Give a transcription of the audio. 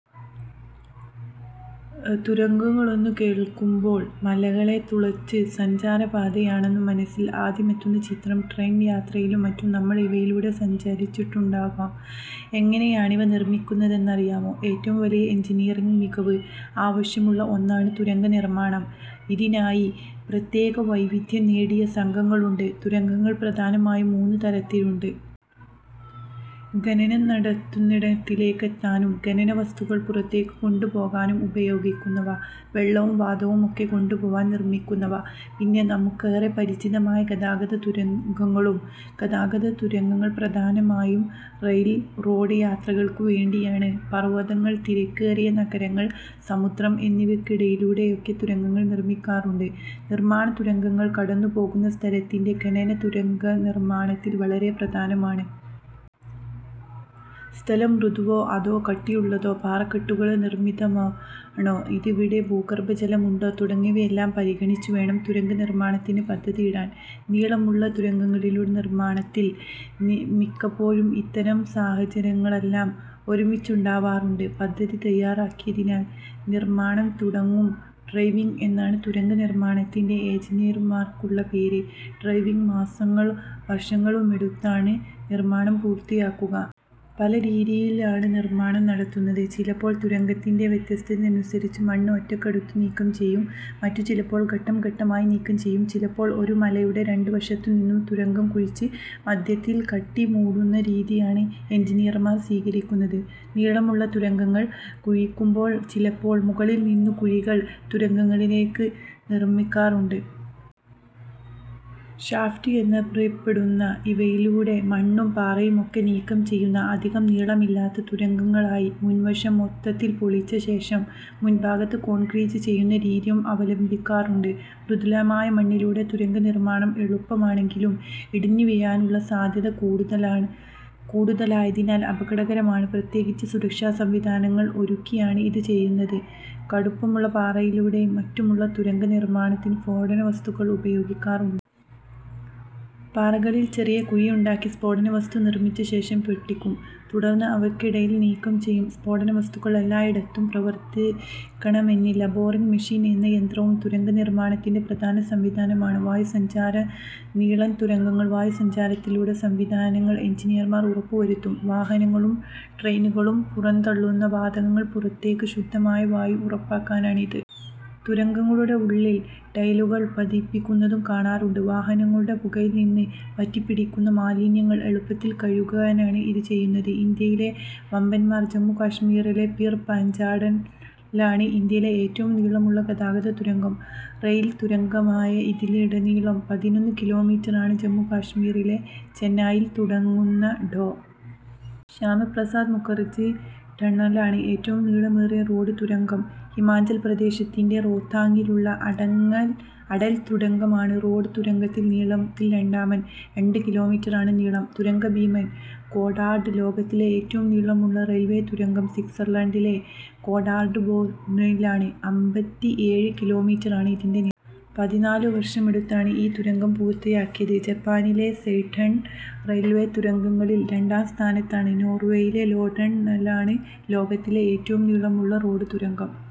തുരങ്കങ്ങളെന്നു കേൾക്കുമ്പോൾ മലകളെ തുളച്ചുള്ള സഞ്ചാരപാതയെന്നാകും മനസ്സിൽ ആദ്യമെത്തുന്ന ചിത്രം. ട്രെയിൻ യാത്രയിലും മറ്റും നമ്മൾ ഇവയിലൂടെ സഞ്ചരിച്ചിട്ടുമുണ്ടാകും. എങ്ങനെയാണിവ നിർമിക്കുന്നതെന്ന് അറിയാമോ? ഏറ്റവും വലിയ എൻജിനീയറിങ് മികവ് ആവശ്യമുള്ള ഒന്നാണ് തുരങ്കനിർമാണം. ഇതിനായി പ്രത്യേക വൈദഗ്ധ്യം നേടിയ സംഘങ്ങളുണ്ട്. തുരങ്കങ്ങൾ പ്രധാനമായും മൂന്ന് തരത്തിലുണ്ട്. ഖനനം നടക്കുന്നിടങ്ങളിലേക്ക് എത്താനും ഖനന വസ്തുക്കൾ പുറത്തേക്കു കൊണ്ടുപോകാനും ഉപയോഗിക്കുന്നവ. വെള്ളവും വാതകങ്ങളുമൊക്കെ കൊണ്ടുപോകാൻ നിർമിക്കുന്നവ. പിന്നെ നമുക്കേറെ പരിചിതമായ ഗതാഗത തുരങ്കങ്ങളും. ഗതാഗതതുരങ്കങ്ങൾ പ്രധാനമായും റെയിൽ, റോഡ് യാത്രയ്ക്കു വേണ്ടിയുള്ളതാണ്. പർവതങ്ങൾ, തിരക്കേറിയ നഗരങ്ങൾ, സമുദ്രം എന്നിവയ്ക്കടിയിലൂടെയൊക്കെ തുരങ്കങ്ങൾ നിർമിക്കാറുണ്ട്. നിർമാണം തുരങ്കങ്ങൾ കടന്നുപോകുന്ന സ്ഥലത്തിന്റെ ഘടന തുരങ്കനിർമാണത്തിൽ വളരെ പ്രധാനമാണ്. സ്ഥലം മൃദുവാണോ അതോ കട്ടിയുള്ളതാണോ, പാറക്കെട്ടുകൾ നിറഞ്ഞതാണോ, അവിടെ ഭൂഗർഭജലം ഉണ്ടോ തുടങ്ങിയവയെല്ലാം പരിഗണിച്ചുവേണം തുരങ്കനിർമാണത്തിനു പദ്ധതിയിടാൻ. നീളമുള്ള തുരങ്കങ്ങളുടെ നിർമാണത്തിൽ മിക്കപ്പോഴും ഇത്തരം സാഹചര്യങ്ങളെല്ലാം ഒരുമിച്ചുണ്ടാകാറുണ്ട്. പദ്ധതി തയാറാക്കിയാൽ നിർമാണം തുടങ്ങും. ഡ്രൈവിങ് എന്നാണ് തുരങ്കനിർമാണത്തിന് എൻജിനീയർമാർക്കിടയിലുള്ള പേര്. ഡ്രൈവിങ് മാസങ്ങളും വർഷങ്ങളുമെടുത്താണ് നിർമാണം പൂർത്തീകരിക്കുക. പല രീതികളിലാണു നിർമാണം നടത്തുന്നത്. ചിലപ്പോൾ തുരങ്കത്തിന്റെ വ്യാസത്തിനനുസരിച്ചുള്ള മണ്ണ് ഒറ്റയടിക്കു നീക്കം ചെയ്യും. മറ്റു ചിലപ്പോൾ, ഘട്ടം ഘട്ടമായി നീക്കം ചെയ്യും. ചിലപ്പോൾ ഒരു മലയുടെ രണ്ടുവശത്തു നിന്നും തുരങ്കം കുഴിച്ച് മധ്യത്തിൽ കൂട്ടിമുട്ടുന്ന രീതിയാകും എൻജിനീയർമാർ സ്വീകരിക്കുന്നത്. നീളമുള്ള തുരങ്കങ്ങൾ കുഴിക്കുമ്പോൾ ചിലപ്പോൾ മുകളിൽ നിന്നു കുഴികൾ തുരങ്കത്തിലേക്കു നിർമിക്കാറുണ്ട്. ഷാഫ്റ്റ് എന്നറിയപ്പെടുന്ന ഇവയിലൂടെയാകും മണ്ണും പാറയുമൊക്കെ നീക്കം ചെയ്യുക. അധികം നീളമില്ലാത്ത തുരങ്കങ്ങൾക്കായി മുകൾവശം മൊത്തത്തിൽ പൊളിച്ച ശേഷം മുകൾഭാഗം കോൺക്രീറ്റ് ചെയ്യുന്ന രീതിയും അവലംബിക്കാറുണ്ട്. മൃദുവായ മണ്ണിലൂടെ തുരങ്കനിർമാണം എളുപ്പമാണെങ്കിലും ഇടിഞ്ഞുവീഴാനുള്ള സാധ്യത കൂടുതലായതിനാൽ അപകടകരമാണ്. പ്രത്യേക സുരക്ഷാസംവിധാനങ്ങൾ ഒരുക്കിയാണ് ഇതു ചെയ്യുന്നത്. കടുത്ത പാറകളിലൂടെയും മറ്റുമുള്ള തുരങ്കനിർമാണത്തിന് സ്ഫോടകവസ്തുക്കൾ ഉപയോഗിക്കാറുണ്ട്. പാറകളിൽ ചെറിയ കുഴികളുണ്ടാക്കി സ്ഫോടകവസ്തു നിറച്ചശേഷം പൊട്ടിക്കും. തുടർന്ന് അവശിഷ്ടങ്ങൾ നീക്കം ചെയ്യും. സ്ഫോടകവസ്തുക്കൾ എല്ലായിടത്തും പ്രാവർത്തികമല്ല. ബോറിങ് മെഷീൻ എന്ന യന്ത്രവും തുരങ്കനിർമാണത്തിലെ പ്രധാന സംവിധാനമാണ്. വായുസഞ്ചാരം നീളൻ തുരങ്കങ്ങളിൽ വായുസഞ്ചാരത്തിനുള്ള സംവിധാനങ്ങളും എൻജിനീയർമാർ ഉറപ്പുവരുത്തും. വാഹനങ്ങളും ട്രെയിനുകളും പുറന്തള്ളുന്ന വാതകങ്ങൾ പുറത്തെത്തിച്ച് ശുദ്ധവായു ഉറപ്പാക്കാനാണ് ഇത്. തുരങ്കങ്ങളുടെ ഉള്ളറയിൽ ടൈലുകൾ പതിപ്പിക്കുന്നതും കാണാറുണ്ട്. വാഹനങ്ങളുടെ പുകയിൽ നിന്നു പറ്റിപ്പിടിക്കുന്ന മാലിന്യം എളുപ്പത്തിൽ കഴുകിക്കളയാനാണ് ഇതു ചെയ്യുന്നത്. ഇന്ത്യയിലെ വമ്പൻമാർ ജമ്മു കശ്മീരിലെ പിർ പാഞ്ചാൽ ടണലാണ് ഇന്ത്യയിലെ ഏറ്റവും നീളമുള്ള ഗതാഗത തുരങ്കം. റെയിൽ തുരങ്കമായ ഇതിന്റെ നീളം പതിനൊന്ന് കിലോമീറ്ററാണ്. ജമ്മു കശ്മീരിലെ ചെനാനിയിൽ തുടങ്ങുന്ന ഡോ. ശ്യാമപ്രസാദ് മുഖർജി ടണലാണ് ഏറ്റവും നീളമുള്ള റോഡ് തുരങ്കം ഹിമാചൽ പ്രദേശിലെ റോത്താങ്ങിലുള്ള അടൽ തുരങ്കമാണ് റോഡ് തുരങ്കങ്ങളിൽ നീളത്തിൽ രണ്ടാമൻ. രണ്ട് കിലോമീറ്ററാണ് നീളം. തുരങ്കഭീമൻ ഗോട്ടാർഡ് ലോകത്തിലെ ഏറ്റവും നീളമുള്ള റെയിൽ തുരങ്കം സ്വിറ്റ്സർലൻഡിലെ ഗോട്ടാർഡ് ബേസ് ടണലാണ്. അമ്പത്തിഏഴ് കിലോമീറ്ററാണ് ഇതിന്റെ നീളം. പതിനാലുവർഷമെടുത്താണ് ഈ തുരങ്കം പൂർത്തിയാക്കിയത്. ജപ്പാനിലെ സെയ്കൻ ടണൽ റെയിൽ തുരങ്കങ്ങളിൽ രണ്ടാം സ്ഥാനത്താണ്. നോർവേയിലെ ലേഡൽ ടണലാണ് ലോകത്തിലെ ഏറ്റവും നീളമുള്ള റോഡ് തുരങ്കം.